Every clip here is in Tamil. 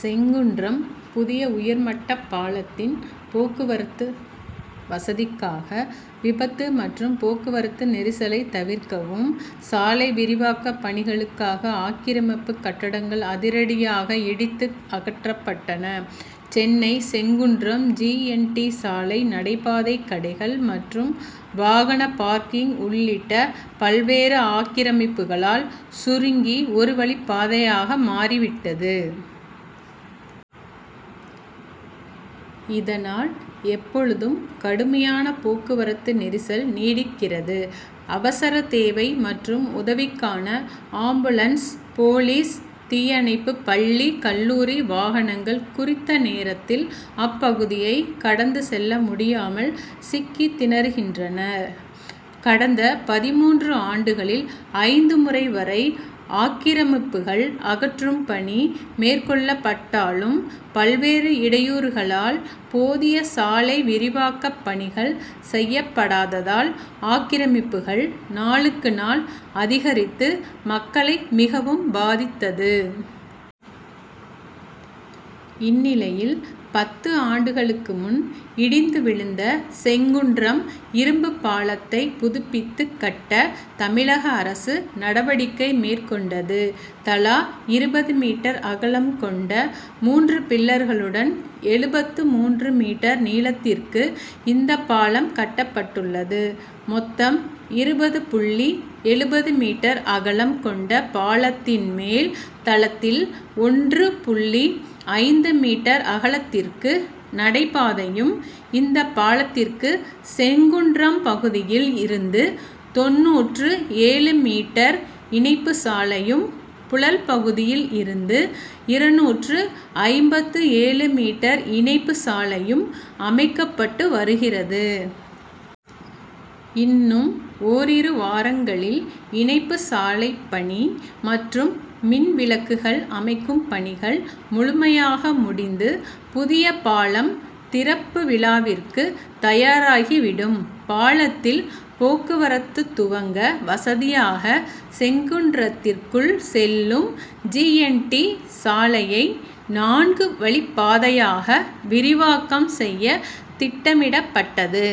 செங்குன்றம் புதிய உயர்மட்டப் பாலத்தின் போக்குவரத்து வசதிக்காக விபத்து மற்றும் போக்குவரத்து நெரிசலை தவிர்க்கவும், சாலை விரிவாக்கப் பணிகளுக்காக ஆக்கிரமிப்பு கட்டடங்கள் அதிரடியாக இடித்து அகற்றப்பட்டன. Chennai Sengundram G. N. T. சாலை, நடைபாதை கடைகள் மற்றும் வாகன பார்க்கிங் உள்ளிட்ட பல்வேறு ஆக்கிரமிப்புகளால் சுருங்கி ஒரு வழிப்பாதையாக மாறிவிட்டது. இதனால், எப்பொழுதும் கடுமையான போக்குவரத்து நெரிசல் நீடிக்கிறது. அவசர தேவை மற்றும் உதவிகளுக்கான ஆம்புலன்ஸ், போலீஸ், தீயணைப்பு, பள்ளி, கல்லூரி வாகனங்கள் குறித்த நேரத்தில் அப்பகுதியை கடந்து செல்ல முடியாமல் சிக்கித் திணறுகின்றன. கடந்த பதிமூன்று ஆண்டுகளில் ஐந்து முறை வரை ஆக்கிரமிப்புகள் அகற்றும் பணி மேற்கொள்ளப்பட்டாலும், பல்வேறு இடையூறுகளால் போதிய சாலை விரிவாக்கப் பணிகள் செய்யப்படாததால், ஆக்கிரமிப்புகள் நாளுக்கு நாள் அதிகரித்து மக்களை மிகவும் பாதித்தது. இந்நிலையில், பத்து ஆண்டுகளுக்கு முன் இடிந்து விழுந்த செங்குன்றம் இரும்பு பாலத்தை புதுப்பித்துக் கட்ட, தமிழக அரசு நடவடிக்கை மேற்கொண்டது. தலா இருபது மீட்டர் அகலம் கொண்ட மூன்று பில்லர்களுடன் எழுபத்து மூன்று மீட்டர் நீளத்திற்கு இந்த பாலம் கட்டப்பட்டுள்ளது. மொத்தம் இருபது புள்ளி எழுபது மீட்டர் அகலம் கொண்ட பாலத்தின் மேல் தளத்தில் ஒன்று புள்ளி ஐந்து மீட்டர் அகலத்திற்கு நடை பாதையும், இந்த பாலத்திற்கு செங்குன்றம் பகுதியில் இருந்து தொண்ணூற்று ஏழு மீட்டர் இணைப்பு சாலையும், புழல் பகுதியில் இருந்து இருநூற்று ஐம்பத்து ஏழு மீட்டர் இணைப்பு சாலையும் அமைக்கப்பட்டு வருகிறது. இன்னும் ஓரிரு வாரங்களில் இணைப்புச் சாலைப்பணி மற்றும் மின் விளக்குகள் அமைக்கும் பணிகள் முழுமையாக முடிந்து, புதிய பாலம் திறப்பு விழாவிற்கு தயாராகி விடும். பாலத்தில் போக்குவரத்து துவங்க வசதியாக செங்குன்றத்திற்குள் செல்லும் ஜி. என். டி. சாலையை, நான்கு வழிப்பாதையாக விரிவாக்கம் செய்ய திட்டமிடப்பட்டது.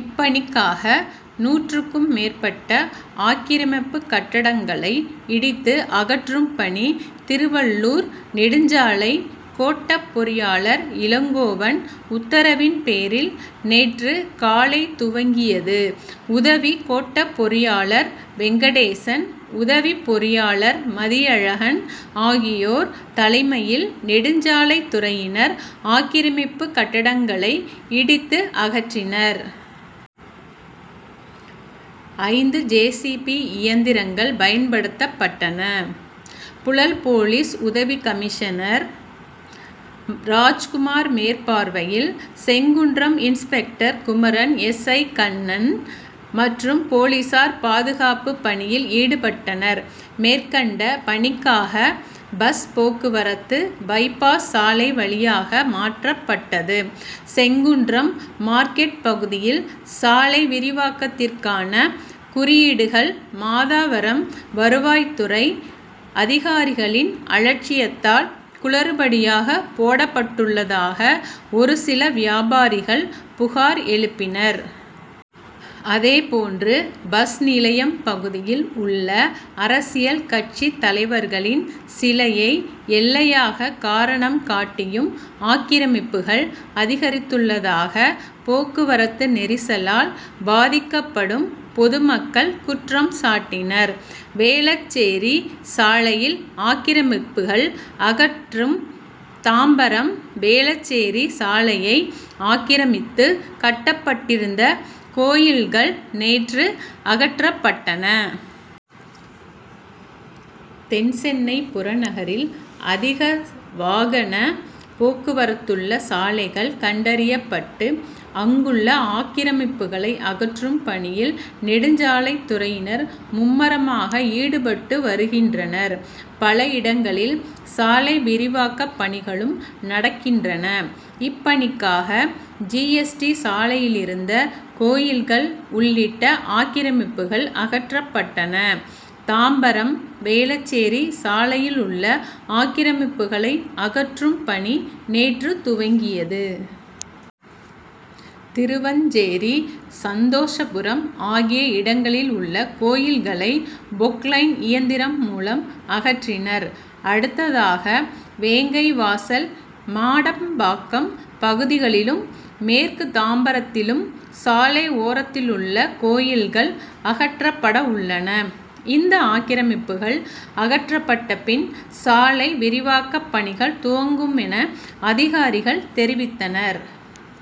இப்பணிக்காக நூற்றுக்கும் மேற்பட்ட ஆக்கிரமிப்பு கட்டடங்களை இடித்து அகற்றும் பணி, திருவள்ளூர் நெடுஞ்சாலை கோட்டப் பொறியாளர் இளங்கோவன் உத்தரவின் பேரில் நேற்று காலை துவங்கியது. உதவி கோட்டப் பொறியாளர் வெங்கடேசன், உதவிப் பொறியாளர் மதியழகன் ஆகியோர் தலைமையில் நெடுஞ்சாலைத் துறையினர், ஆக்கிரமிப்பு கட்டடங்களை இடித்து அகற்றினர். ஐந்து ஜே. சி. பி. இயந்திரங்கள் பயன்படுத்தப்பட்டன. புழல் போலீஸ் உதவி கமிஷனர் ராஜ்குமார் மேற்பார்வையில் Sengundram inspector Kumaran, S. I. Kannan மற்றும் போலீசார் பாதுகாப்பு பணியில் ஈடுபட்டனர். மேற்கண்ட பணிக்காக பஸ் போக்குவரத்து, பை பாஸ் சாலை வழியாக மாற்றப்பட்டது. செங்குன்றம் மார்க்கெட் பகுதியில் சாலை விரிவாக்கத்திற்கான குறியீடுகள், மாதாவரம் வருவாய்த்துறை அதிகாரிகளின் அலட்சியத்தால் குளறுபடியாக போடப்பட்டுள்ளதாக, ஒரு சில வியாபாரிகள் புகார் எழுப்பினர். அதே போன்று, பஸ் நிலையம் பகுதியில் உள்ள அரசியல் கட்சித் தலைவர்களின் சிலையை, எல்லையாக காரணம் காட்டியும் ஆக்கிரமிப்புகள் அதிகரித்துள்ளதாக, போக்குவரத்து நெரிசலால் பாதிக்கப்படும் பொதுமக்கள் குற்றம் சாட்டினர். வேளச்சேரி சாலையில் ஆக்கிரமிப்புகள் அகற்றும் தாம்பரம் வேளச்சேரி சாலையை ஆக்கிரமித்து கட்டப்பட்டிருந்த கோவில்கள் நேற்று அகற்றப்பட்டன. தென்சென்னை புறநகரில் அதிக வாகன போக்குவரத்துள்ள சாலைகள் கண்டறியப்பட்டு, அங்குள்ள ஆக்கிரமிப்புக்களை அகற்றும் பணியில் நெடுஞ்சாலைத்துறையினர் மும்முரமாக ஈடுபட்டு வருகின்றனர். பல இடங்களில் சாலை விரிவாக்க பணிகளும் நடக்கின்றன. இப்பணிக்காக ஜி. எஸ். டி. சாலையிலிருந்த கோயில்கள் உள்ளிட்ட ஆக்கிரமிப்புக்கள் அகற்றப்பட்டன. தாம்பரம் வேளச்சேரி சாலையிலுள்ள ஆக்கிரமிப்புக்களை அகற்றும் பணி நேற்று துவங்கியது. திருவஞ்சேரி, சந்தோஷபுரம் ஆகிய இடங்களில் உள்ள கோயில்களை பொக்லைன் இயந்திரம் மூலம் அகற்றினர். அடுத்ததாக வேங்கைவாசல், மாடம்பாக்கம் பகுதிகளிலும், மேற்கு தாம்பரத்திலும் சாலை ஓரத்திலுள்ள கோயில்கள் அகற்றப்படவுள்ளன. இந்த ஆக்கிரமிப்புக்கள் அகற்றப்பட்ட பின், சாலை விரிவாக்க பணிகள் துவங்குமென அதிகாரிகள் தெரிவித்தனர்.